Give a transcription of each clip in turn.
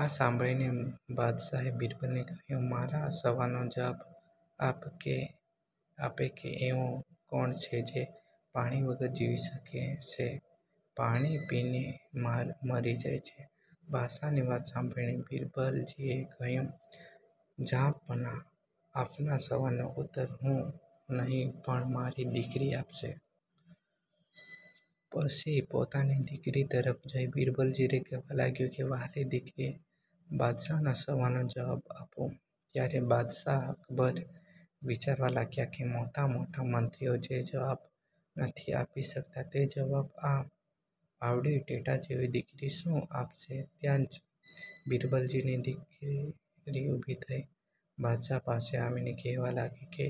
આ સાંભળીને બાદશાહે બિરબલને કહ્યું મારા સવાલનો જવાબ આપ કે એવું કોણ છે જે પાણી વગર જીવી શકે છે ને પાણી પીને મરી જાય છે? બાદશાહની વાત સાંભળીને બિરબલજીએ કહ્યું જહાંપનાહ આપના સવાલનો ઉત્તર હું નહીં પણ મારી દીકરી આપશે. પછી પોતાની દીકરી તરફ જોઈ બિરબલજી કહેવા લાગ્યાં કે વ્હાલી દીકરી બાદશાહનાં સવાલનો જવાબ આપો. ત્યારે બાદશાહ અકબર વિચારવા લાગ્યાં કે મોટા મોટા મંત્રીઑ જે જવાબ નથી આપી શકતાં તે જવાબ આ આવડી ટેટા જેવી દીકરી શું આપશે ત્યાં જ બિરબલજીની દીકરી ઊભી થઈ બાદશાહ પાસે આવી કહેવા લાગી કે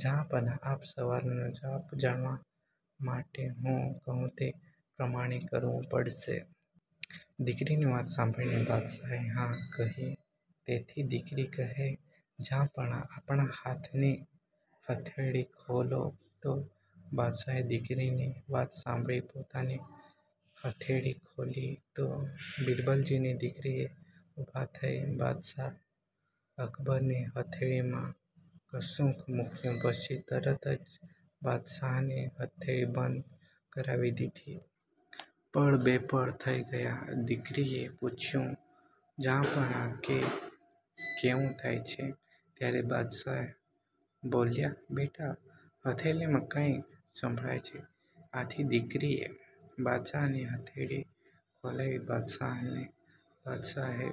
જહાંપનાહ આપનાં સવાલનો જવાબ જાણવા માટે હું કહું તે પ્રમાણે કરવું પડશે. દીકરીની વાત સાંભળીને બાદશાહે હા કહી તેથી દીકરી કહે જહાંપનાહ આપનાં હાથની હથેળી ખોલો તો. બાદશાહે દીકરીની વાત સાંભળી પોતાની હથેળી ખોલી તો બિરબલજીની દીકરીએ ઊભા થઈ બાદશાહ અકબરની હથેળીમાં કશુક મૂક્યું પછી તરત જ બાદશાહની હથેળી બંધ કરાવી દીધી. પળ-બે પળ થઈ ત્યાં દીકરીએ પુછ્યું જહાંપનાહ કેવું થાય છે? ત્યારે બાદશાહ બોલ્યા બેટા હથેલીમાં કાંઈક સળવળે છે. આથી દીકરીએ બાદશાહની હથેળી ખોલાવી. બાદશાહે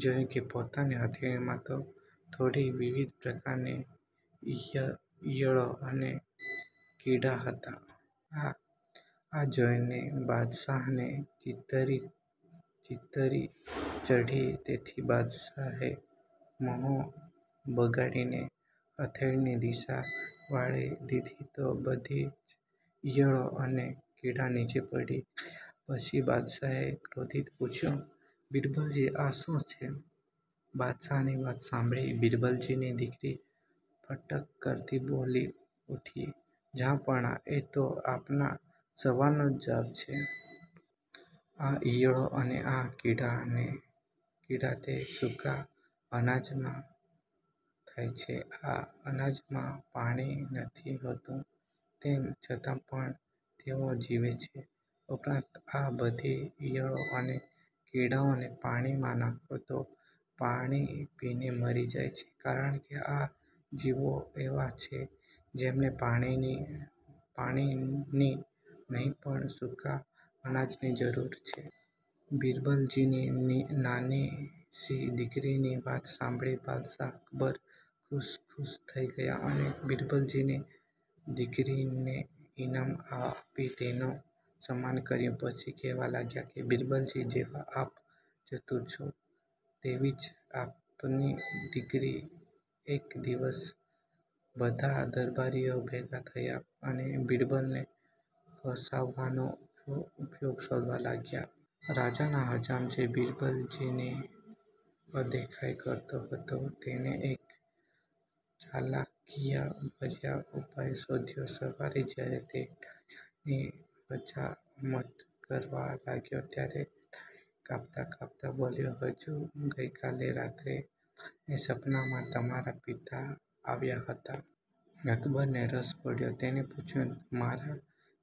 જોયું કે પોતાની હથેળીમાં તો થોડી વિવિધ પ્રકારની ઇયળો અને કીડા હતાં. આ જોઈને બાદશાહને ચીતરી ચઢી તેથી બાદશાહે મ્હોં બગાડીને હથેળીની દિશા વાળી દીધી તો બધી જ ઇયળો અને કીડા નીચે પડી ગયાં પછી બાદશાહે ક્રોધિત પૂછ્યું બિરબલજી આ શું છે? બાદશાહની વાત સાંભળી બિરબલજીની દીકરી ફટ કરતી બોલી ઉઠી જહાંપનાહ એ તો આપના સવાલનો જવાબ છે. આ ઇયળો અને આ કીડા તે સૂકા અનાજમાં થાય છે આ અનાજમાં પાણી નથી હોતું તેમ છતાં પણ તેઓ જીવે છે ઉપરાંત આ બધી ઇયળો અને કીડાને પાણીમાં નાખો તો પાણી પીને મરી જાય છે કારણ કે આ જીવો એવા છે જેમને પાણીની નહીં પણ સૂકા અનાજની જરૂર છે. બિરબલજીની નાનીશી દીકરીની વાત સાંભળી બાદશાહ અકબર ખુશ ખુશ થઈ ગયાં અને બિરબલજીની દીકરીને ઈનામ આપી તેનું સન્માન કર્યું પછી કહેવા લાગ્યાં કે બિરબલજી જેવા આપ ચતુર છો તેવી જ આપની દીકરી.. એક દિવસ બધા દરબારીઓ ભેગા થયા અને બિરબલને ફસાવવાનો ઉપાય શોધવા લાગ્યા. રાજાના હજામ, જે બિરબલની અદેખાઈ કરતો હતો, તેણે એક ચાલાકીભર્યો ઉપાય શોધ્યો. સવારે જ્યારે તે રાજાની હજામત કરવા ગયો, ત્યારે દાઢી કાપતાં કાપતાં બોલ્યો: હજૂર, ગઈકાલે રાત્રે મને સપનામાં તમારા પિતા આવ્યા હતા. અકબરને રસ પડ્યો. તેણે પૂછ્યું: મારા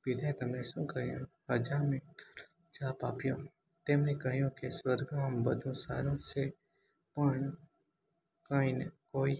પિતાએ તને શું કહ્યું? હજામે તરત જવાબ આપ્યો: તેમણે કહ્યું કે સ્વર્ગમાં બધું સારું છે, પણ કોઈ